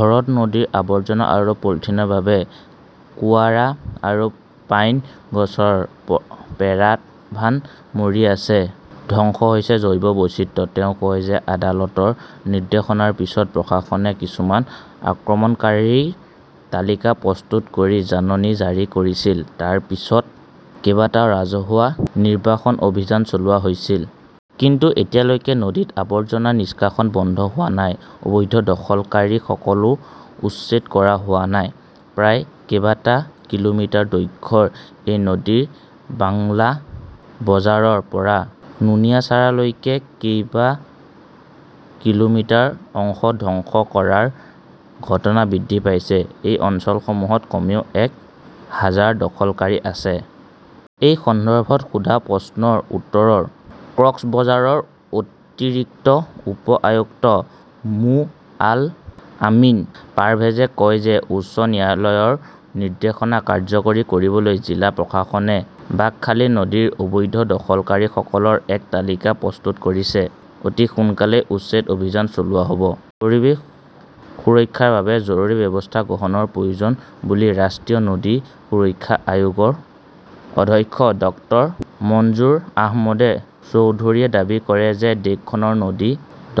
ভৰত নদীত আৱৰ্জনা আৰু পলিথিনৰ বাবে কোৱাৰা আৰু পাইন গছৰ পেৰাভান মৰি আছে। ধ্বংস হৈছে জৈৱ বৈচিত্ৰ্য। তেওঁ কয় যে আদালতৰ নিৰ্দেশৰ পিছত প্ৰশাসনে কিছুমান আক্ৰমণকাৰীৰ তালিকা প্ৰস্তুত কৰি জাননী জাৰি কৰিছিল। তাৰ পিছত কেইবাটাও ৰাজহুৱা নিৰ্বাসন অভিযান চলোৱা হৈছিল। কিন্তু এতিয়ালৈকে নদীত আৱৰ্জনা নিষ্কাশন বন্ধ হোৱা নাই। অবৈধ দখলকাৰীসকলকো উচ্ছেদ কৰা হোৱা নাই। প্ৰায় কেইবা কিলোমিটাৰ দৈৰ্ঘ্যৰ এই নদীৰ বাংলা বজাৰৰ পৰা নুনিয়াছাৰালৈকে কেইবা কিলোমিটাৰ অংশ দখল কৰাৰ ঘটনা বৃদ্ধি পাইছে। এই অঞ্চলসমূহত কমেও এক হাজাৰ দখলকাৰী আছে। এই সন্দৰ্ভত সোধা প্ৰশ্নৰ উত্তৰত কক্সবাজাৰৰ অতিৰিক্ত উপ-আয়ুক্ত মো. আল আমিন পাৰ্ভেজে কয় যে উচ্চ ন্যায়ালয়ৰ নিৰ্দেশনা কাৰ্যকৰী কৰিবলৈ জিলা প্ৰশাসনে বাঁকখালী নদীৰ অবৈধ দখলকাৰীসকলৰ এখন তালিকা প্ৰস্তুত কৰিছে। অতি সোনকালেই উচ্ছেদ অভিযান চলোৱা হ'ব। পৰিৱেশ সুৰক্ষাৰ বাবে জৰুৰী ব্যৱস্থা গ্ৰহণৰ প্ৰয়োজন বুলি ৰাষ্ট্ৰীয় নদী সুৰক্ষা আয়োগৰ অধ্যক্ষ ডক্টৰ মনজুৰ আহমেদ চৌধুৰীয়ে দাবী কৰে যে দেশখনৰ নদী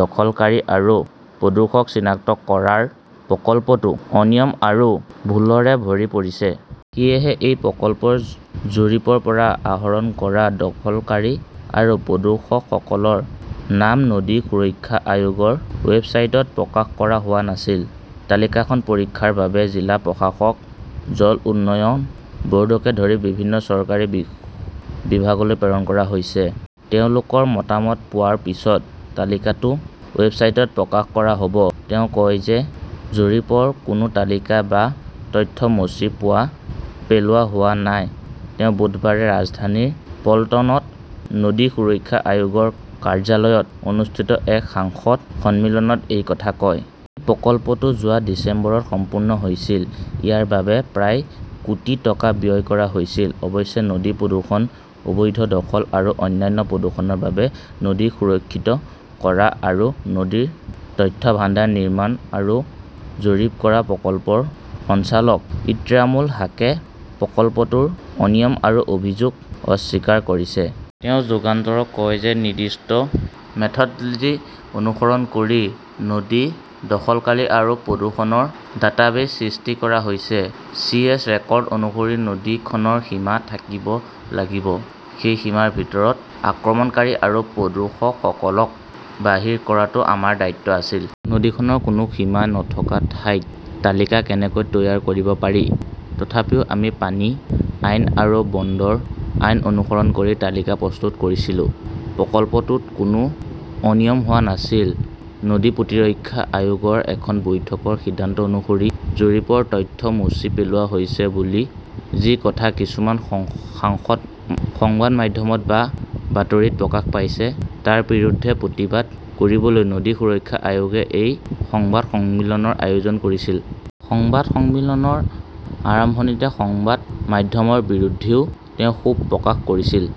দখলকাৰী আৰু প্ৰদূষক চিনাক্ত কৰাৰ প্ৰকল্পটো অনিয়ম আৰু ভুলৰে ভৰি পৰিছে। সেয়েহে, সেই প্ৰকল্পৰ জৰীপৰ পৰা আহৰণ কৰা দখলকাৰী আৰু প্ৰদূষকসকলৰ নাম নদী সুৰক্ষা আয়োগৰ ৱেবছাইটত প্ৰকাশ কৰা হোৱা নাছিল। তালিকাখন পৰীক্ষাৰ বাবে জিলা প্ৰশাসক, জল উন্নয়ন ব'ৰ্ডকে ধৰি বিভিন্ন চৰকাৰী বি বিভাগলৈ প্ৰেৰণ কৰা হৈছে। তেওঁলোকৰ মতামত পোৱাৰ পিছত তালিকাটো ৱেবছাইটত প্ৰকাশ কৰা হ'ব। তেওঁ কয় যে জৰীপৰ কোনো তালিকা বা তথ্য মচি পেলোৱা হোৱা নাই। তেওঁ বুধবাৰে ৰাজধানীৰ পল্টনত নদী সুৰক্ষা আয়োগৰ কাৰ্যালয়ত অনুষ্ঠিত এক সংবাদ সন্মিলনত এই কথা কয়। এই প্ৰকল্পটো যোৱা ডিচেম্বৰত সম্পূৰ্ণ হৈছিল। ইয়াৰ বাবে প্ৰায় কোটি টকা ব্যয় কৰা হৈছিল। অৱশ্যে, নদী প্ৰদূষণ, অবৈধ দখল আৰু অন্যান্য প্ৰদূষণৰ পৰা নদী সুৰক্ষিত কৰা আৰু নদীৰ তথ্য ভাণ্ডাৰ নিৰ্মাণ আৰু জৰীপ কৰা প্ৰকল্পৰ সঞ্চালক ইক্ৰামুল হাকে প্ৰকল্পটোৰ অনিয়ম আৰু অভিযোগ অস্বীকাৰ কৰিছে। তেওঁ যুগান্তৰক কয় যে নিৰ্দিষ্ট মেথডলজী অনুসৰণ কৰি নদী দখলকাৰী আৰু প্ৰদূষকৰ ডাটাবেছ সৃষ্টি কৰা হৈছে। চি. এছ. ৰেকৰ্ড অনুসৰি নদীখনৰ সীমা থাকিব লাগিব। সেই সীমাৰ ভিতৰত আক্ৰমণকাৰী আৰু প্ৰদূষকসকলক বাহিৰ কৰাটো আমাৰ দায়িত্ব আছিল। নদীখনৰ কোনো সীমা নথকা ঠাইত তালিকা কেনেকৈ তৈয়াৰ কৰিব পাৰি? তথাপিও আমি পানী আইন আৰু বন্দৰ আইন অনুসৰণ কৰি তালিকা প্ৰস্তুত কৰিছিলো। প্ৰকল্পটোত কোনো অনিয়ম হোৱা নাছিল। নদী প্ৰতিৰক্ষা আয়োগৰ এখন বৈঠকৰ সিদ্ধান্ত অনুসৰি, জৰীপৰ তথ্য মচি পেলোৱা হৈছে বুলি যি কথা কিছুমান সংবাদ মাধ্যমত বা বাতৰিত প্ৰকাশ পাইছে, তাৰ বিৰুদ্ধে প্ৰতিবাদ কৰিবলৈ নদী সুৰক্ষা আয়োগে এই সংবাদ সন্মিলনৰ আয়োজন কৰিছিল। সংবাদ সন্মিলনৰ আৰম্ভণিতে সংবাদ মাধ্যমৰ বিৰুদ্ধেও তেওঁ ক্ষোভ প্ৰকাশ কৰিছিল।